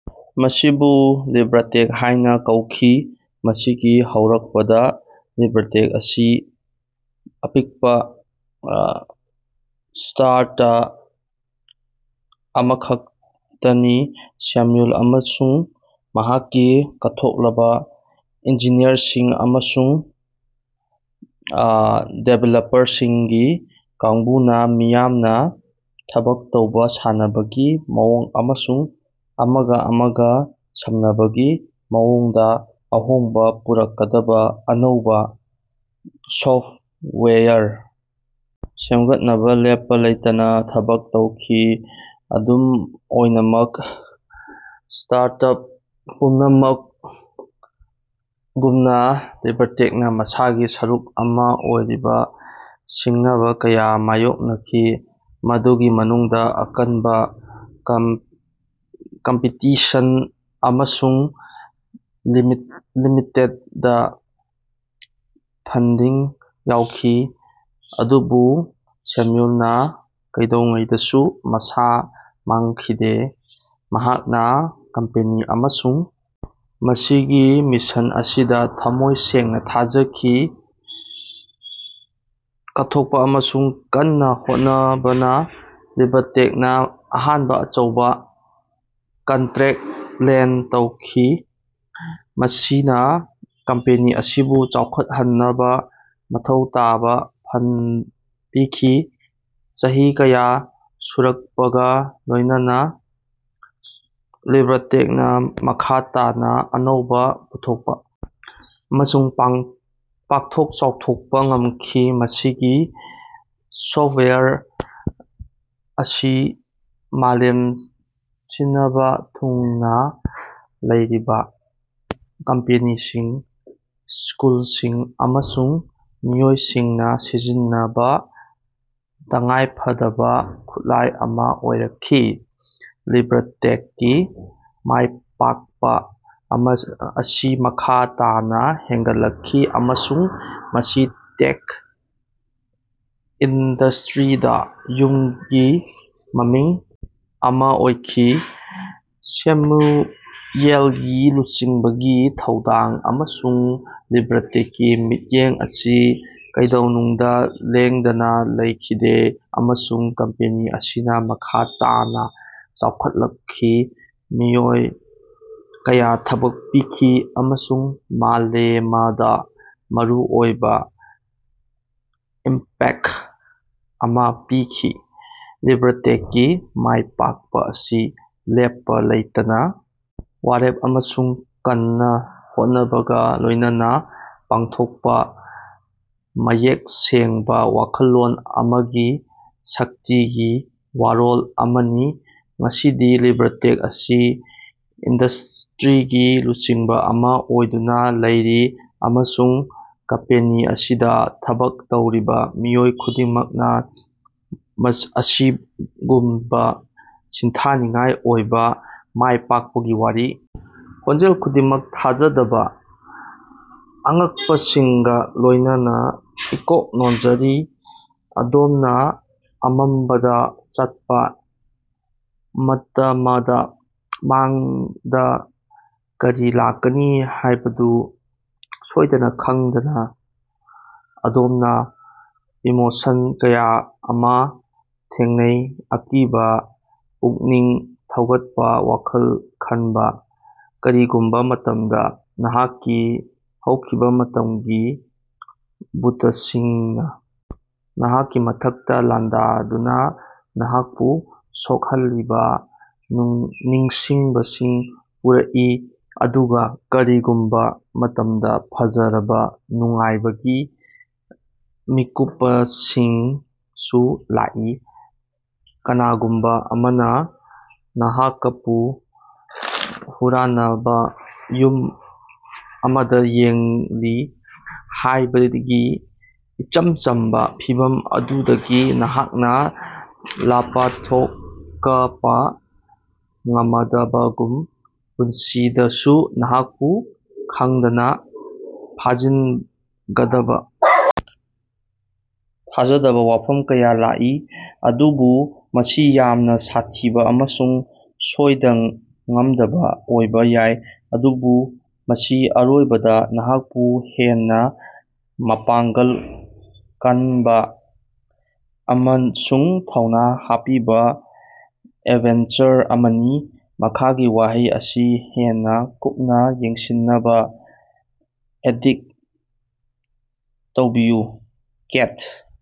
ꯃꯁꯤꯕꯨ ꯂꯤꯕ꯭ꯔꯥꯇꯦꯛ ꯍꯥꯏꯅ ꯀꯧꯈꯤ꯫ ꯃꯁꯤꯒꯤ ꯍꯧꯔꯛꯄꯗꯥ ꯂꯤꯕ꯭ꯔꯥꯇꯦꯛ ꯑꯁꯤ ꯑꯄꯤꯛꯄꯥ ꯁ꯭ꯇꯥꯔꯇꯑꯞ ꯑꯃꯈꯛꯇꯅꯤ꯫ ꯁꯦꯝꯌꯨꯜ ꯑꯃꯁꯨꯡ ꯃꯍꯥꯛꯀꯤ ꯀꯠꯊꯣꯛꯂꯕ ꯏꯟꯖꯤꯅꯤꯌꯔꯁꯤꯡ ꯑꯃꯁꯨꯡ ꯗꯤꯕꯦꯂꯄꯔꯁꯤꯡꯒꯤ ꯀꯥꯡꯕꯨꯅ ꯃꯤꯌꯥꯝꯅ ꯊꯕꯛ ꯇꯧꯕ, ꯁꯥꯟꯅꯕꯒꯤ ꯃꯑꯣꯡ ꯑꯃꯁꯨꯡ ꯑꯃꯒꯥ ꯑꯃꯒꯥ ꯁꯝꯅꯕꯒꯤ ꯃꯑꯣꯡꯗꯥ ꯑꯍꯣꯡꯕꯥ ꯄꯨꯔꯛꯀꯗꯕꯥ ꯑꯅꯧꯕꯥ ꯁꯣꯐꯋꯦꯌꯔ ꯁꯦꯝꯒꯠꯅꯕꯥ ꯂꯦꯞꯄꯥ ꯂꯩꯇꯅꯥ ꯊꯕꯛ ꯇꯧꯈꯤ꯫ ꯑꯗꯨꯝ ꯑꯣꯏꯅꯃꯛ ꯁ꯭ꯇꯥꯔꯇꯑꯞ ꯄꯨꯝꯅꯃꯛꯒꯨꯝꯅꯥ ꯂꯤꯕ꯭ꯔꯥꯇꯦꯛꯅꯥ ꯃꯁꯥꯒꯤ ꯁꯔꯨꯛ ꯑꯃꯥ ꯑꯣꯏꯔꯤꯕꯥ ꯁꯤꯡꯅꯕꯥ ꯀꯌꯥ ꯃꯥꯌꯣꯛꯅꯈꯤ, ꯃꯗꯨꯒꯤ ꯃꯅꯨꯡꯗꯥ ꯑꯀꯟꯕꯥ ꯀꯝꯄꯤꯇꯤꯁꯟ ꯑꯃꯁꯨꯡ ꯂꯤꯃꯤꯇꯦꯗ ꯐꯟꯗꯤꯡ ꯌꯥꯎꯈꯤ꯫ ꯑꯗꯨꯕꯨ ꯁꯦꯝꯌꯨꯜꯅꯥ ꯀꯩꯗꯧꯉꯩꯗꯁꯨ ꯑꯥꯁꯥ ꯃꯥꯡꯈꯤꯗꯦ꯫ ꯃꯍꯥꯛꯅꯥ ꯀꯝꯄꯦꯅꯤ ꯑꯃꯁꯨꯡ ꯃꯁꯤꯒꯤ ꯃꯤꯁꯟ ꯑꯁꯤꯗꯥ ꯊꯝꯃꯣꯏ ꯁꯦꯡꯅꯥ ꯊꯥꯖꯈꯤ꯫ ꯀꯠꯊꯣꯛꯄꯥ ꯑꯃꯁꯨꯡ ꯀꯟꯅꯥ ꯍꯣꯠꯅꯕꯅꯥ ꯂꯤꯕ꯭ꯔꯥꯇꯦꯛꯅꯥ ꯑꯍꯥꯟꯕ ꯑꯆꯧꯕꯥ ꯀꯟꯇꯔꯦꯛ ꯂꯦꯟꯗ ꯇꯧꯈꯤ, ꯃꯁꯤꯅꯥ ꯀꯝꯄꯦꯅꯤ ꯑꯁꯤꯕꯨ ꯆꯥꯎꯈꯠꯍꯟꯅꯕꯥ ꯃꯊꯧ ꯇꯥꯕꯥ ꯐꯟꯗ ꯄꯤꯈꯤ꯫ ꯆꯍꯤ ꯀꯌꯥ ꯁꯨꯔꯛꯄꯒꯥ ꯂꯣꯏꯅꯅ ꯂꯤꯕ꯭ꯔꯥꯇꯦꯛꯅꯥ ꯃꯈꯥ ꯇꯥꯅꯥ ꯑꯅꯧꯕꯥ ꯄꯨꯊꯣꯛꯄꯥ ꯑꯃꯁꯨꯡ ꯄꯥꯛꯊꯣꯛ ꯆꯥꯎꯊꯣꯛꯄꯥ ꯉꯝꯈꯤ꯫ ꯃꯁꯤꯒꯤ ꯁꯣꯐꯋꯦꯌꯔ ꯑꯁꯤ ꯃꯥꯂꯦꯝ ꯁꯤꯅꯕꯥ ꯊꯨꯡꯅꯥ ꯂꯩꯔꯤꯕꯥ ꯀꯝꯄꯦꯅꯤꯁꯤꯡ, ꯁ꯭ꯀꯨꯜꯁꯤꯡ ꯑꯃꯁꯨꯡ ꯃꯤꯑꯣꯏꯁꯤꯡꯅꯥ ꯁꯤꯖꯤꯟꯅꯕꯥ ꯇꯉꯥꯏ ꯐꯗꯕꯥ ꯈꯨꯠꯂꯥꯏ ꯑꯃꯥ ꯑꯣꯏꯔꯛꯈꯤ꯫ ꯂꯤꯕ꯭ꯔꯥꯇꯦꯛꯀꯤ ꯃꯥꯏꯄꯥꯛꯄꯥ ꯑꯁꯤ ꯃꯈꯥ ꯇꯥꯅꯥ ꯍꯦꯟꯒꯠꯂꯛꯈꯤ, ꯑꯃꯁꯨꯡ ꯃꯁꯤ ꯇꯦꯛ ꯏꯟꯗꯁꯇꯔꯤꯗꯥ ꯌꯨꯝꯒꯤ ꯃꯃꯤꯡ ꯑꯃꯥ ꯑꯣꯏꯈꯤ꯫ ꯁꯦꯃꯨꯌꯦꯜꯒꯤ ꯂꯨꯆꯤꯡꯕꯒꯤ ꯊꯧꯗꯥꯡ ꯑꯃꯁꯨꯡ ꯂꯤꯕ꯭ꯔꯥꯇꯦꯛꯀꯤ ꯃꯤꯠꯌꯦꯡ ꯑꯁꯤ ꯀꯩꯗꯧꯅꯨꯡꯗꯥ ꯂꯦꯡꯗꯅꯥ ꯂꯩꯈꯤꯗꯦ, ꯑꯃꯁꯨꯡ ꯀꯝꯄꯦꯅꯤ ꯑꯁꯤꯅꯥ ꯃꯈꯥ ꯇꯥꯅꯥ ꯆꯥꯎꯈꯠꯂꯛꯈꯤ, ꯃꯤꯑꯣꯏ ꯀꯌꯥ ꯊꯕꯛ ꯄꯤꯈꯤ ꯑꯃꯁꯨꯡ ꯃꯥꯂꯦꯃꯗꯥ ꯃꯔꯨꯑꯣꯏꯕꯥ ꯏꯝꯄꯦꯛꯇ ꯑꯃꯥ ꯄꯤꯈꯤ꯫ ꯂꯤꯕ꯭ꯔꯥꯇꯦꯛꯀꯤ ꯃꯥꯏꯄꯥꯛꯄꯥ ꯑꯁꯤ ꯂꯦꯞꯄꯥ ꯂꯩꯇꯅꯥ ꯋꯥꯔꯦꯞ ꯑꯃꯁꯨꯡ ꯀꯟꯅꯥ ꯍꯣꯠꯅꯕꯒꯥ ꯂꯣꯏꯅꯅ ꯄꯥꯡꯊꯣꯛꯄꯥ ꯃꯌꯦꯛ ꯁꯦꯡꯕꯥ ꯋꯥꯈꯜꯂꯣꯟ ꯑꯃꯒꯤ ꯁꯛꯇꯤꯒꯤ ꯋꯥꯔꯣꯜ ꯑꯃꯅꯤ꯫ ꯉꯁꯤꯗꯤ ꯂꯤꯕ꯭ꯔꯥꯇꯦꯛ ꯑꯁꯤ ꯏꯟꯗꯁ꯭ꯇꯔꯤꯒꯤ ꯂꯨꯆꯤꯡꯕꯥ ꯑꯃꯥ ꯑꯣꯏꯗꯨꯅꯥ ꯂꯩꯔꯤ, ꯑꯃꯁꯨꯡ ꯀꯝꯄꯦꯅꯤ ꯑꯁꯤꯗꯥ ꯊꯕꯛ ꯇꯧꯔꯤꯕꯥ ꯃꯤꯑꯣꯏ ꯈꯨꯗꯤꯡꯃꯛꯅꯥ ꯑꯁꯤꯒꯨꯝꯕꯥ ꯁꯤꯡꯊꯥꯅꯤꯡꯉꯥꯏ ꯑꯣꯏꯕꯥ ꯃꯥꯏꯄꯥꯛꯄꯒꯤ ꯋꯥꯔꯤ ꯈꯣꯟꯖꯦꯜ ꯈꯨꯗꯤꯡꯃꯛ ꯊꯥꯖꯗꯕꯥ ꯑꯉꯛꯄꯁꯤꯡꯒꯥ ꯂꯣꯏꯅꯅ ꯏꯀꯣꯛ ꯅꯣꯟꯖꯔꯤ꯫ ꯑꯗꯣꯝꯅꯥ ꯑꯃꯝꯕꯗꯥ ꯆꯠꯄꯥ ꯃꯇꯃꯗꯥ, ꯃꯥꯡꯗꯥ ꯀꯔꯤ ꯂꯥꯛꯀꯅꯤ ꯍꯥꯏꯕꯗꯨ ꯁꯣꯏꯗꯅꯥ ꯈꯪꯗꯅꯥ, ꯑꯗꯣꯝꯅꯥ ꯏꯃꯣꯁꯟ ꯀꯌꯥ ꯑꯃꯥ ꯊꯦꯡꯅꯩ- ꯑꯀꯤꯕꯥ, ꯄꯨꯛꯅꯤꯡ ꯊꯧꯒꯠꯄꯥ, ꯋꯥꯈꯜ ꯈꯟꯕꯥ꯫ ꯀꯔꯤꯒꯨꯝꯕꯥ ꯃꯇꯝꯗ ꯅꯍꯥꯛꯀꯤ ꯍꯧꯈꯤꯕꯥ ꯃꯇꯝꯒꯤ ꯚꯨꯇꯁꯤꯡꯅꯥ ꯅꯍꯥꯛꯀꯤ ꯃꯊꯛꯇꯥ ꯂꯥꯟꯗꯥꯗꯨꯅꯥ ꯅꯍꯥꯛꯄꯨ ꯁꯣꯛꯍꯜꯂꯤꯕꯥ ꯅꯤꯡꯁꯤꯡꯕꯁꯤꯡ ꯄꯨꯔꯛꯏ, ꯑꯗꯨꯒꯥ ꯀꯔꯤꯒꯨꯝꯕꯥ ꯃꯇꯝꯗ ꯐꯖꯔꯕꯥ ꯅꯨꯡꯉꯥꯏꯕꯒꯤ ꯃꯤꯀꯨꯄꯁꯤꯡꯁꯨ ꯂꯥꯛꯏ꯫ ꯀꯅꯥꯒꯨꯝꯕꯥ ꯑꯃꯅꯥ ꯅꯍꯥꯀꯄꯨ ꯍꯨꯔꯥꯅꯕꯥ ꯌꯨꯝ ꯑꯃꯗꯥ ꯌꯦꯡꯂꯤ ꯍꯥꯏꯕꯒꯤ ꯏꯆꯝ ꯆꯝꯕꯥ ꯐꯤꯚꯝ ꯑꯗꯨꯗꯒꯤ ꯅꯍꯥꯛꯅꯥ ꯂꯥꯄꯊꯣꯀꯄꯥ ꯉꯃꯗꯕꯒꯨꯝ, ꯄꯨꯟꯁꯤꯗꯁꯨ ꯅꯍꯥꯛꯄꯨ ꯈꯪꯗꯅꯥ ꯐꯥꯖꯤꯟꯒꯗꯕꯥ ꯊꯥꯖꯗꯕꯥ ꯋꯥꯐꯝ ꯀꯌꯥ ꯂꯥꯛꯏ꯫ ꯑꯗꯨꯕꯨ ꯃꯁꯤ ꯌꯥꯝꯅꯥ ꯁꯥꯊꯤꯕꯥ ꯑꯃꯁꯨꯡ ꯁꯣꯏꯗ-ꯉꯥꯝꯗꯕꯥ ꯑꯣꯏꯕꯥ ꯌꯥꯏ ꯑꯗꯨꯕꯨ ꯃꯁꯤ ꯑꯔꯣꯏꯕꯗꯥ ꯅꯍꯥꯛꯄꯨ ꯍꯦꯟꯅꯥ ꯃꯄꯥꯡꯒꯜ ꯀꯅꯕꯥ ꯑꯃꯁꯨꯡ ꯊꯧꯅꯥ ꯍꯥꯞꯄꯤꯕꯥ ꯑꯦꯗꯚꯦꯟꯆꯔ ꯑꯃꯅꯤ꯫ ꯃꯈꯥꯒꯤ ꯋꯥꯍꯩ ꯑꯁꯤ ꯍꯦꯟꯅꯥ ꯀꯨꯞꯅꯥ ꯌꯦꯡꯁꯤꯟꯅꯕꯥ ꯑꯦꯗꯤꯠ ꯇꯧꯕꯤꯌꯨ: "ꯀꯦꯠ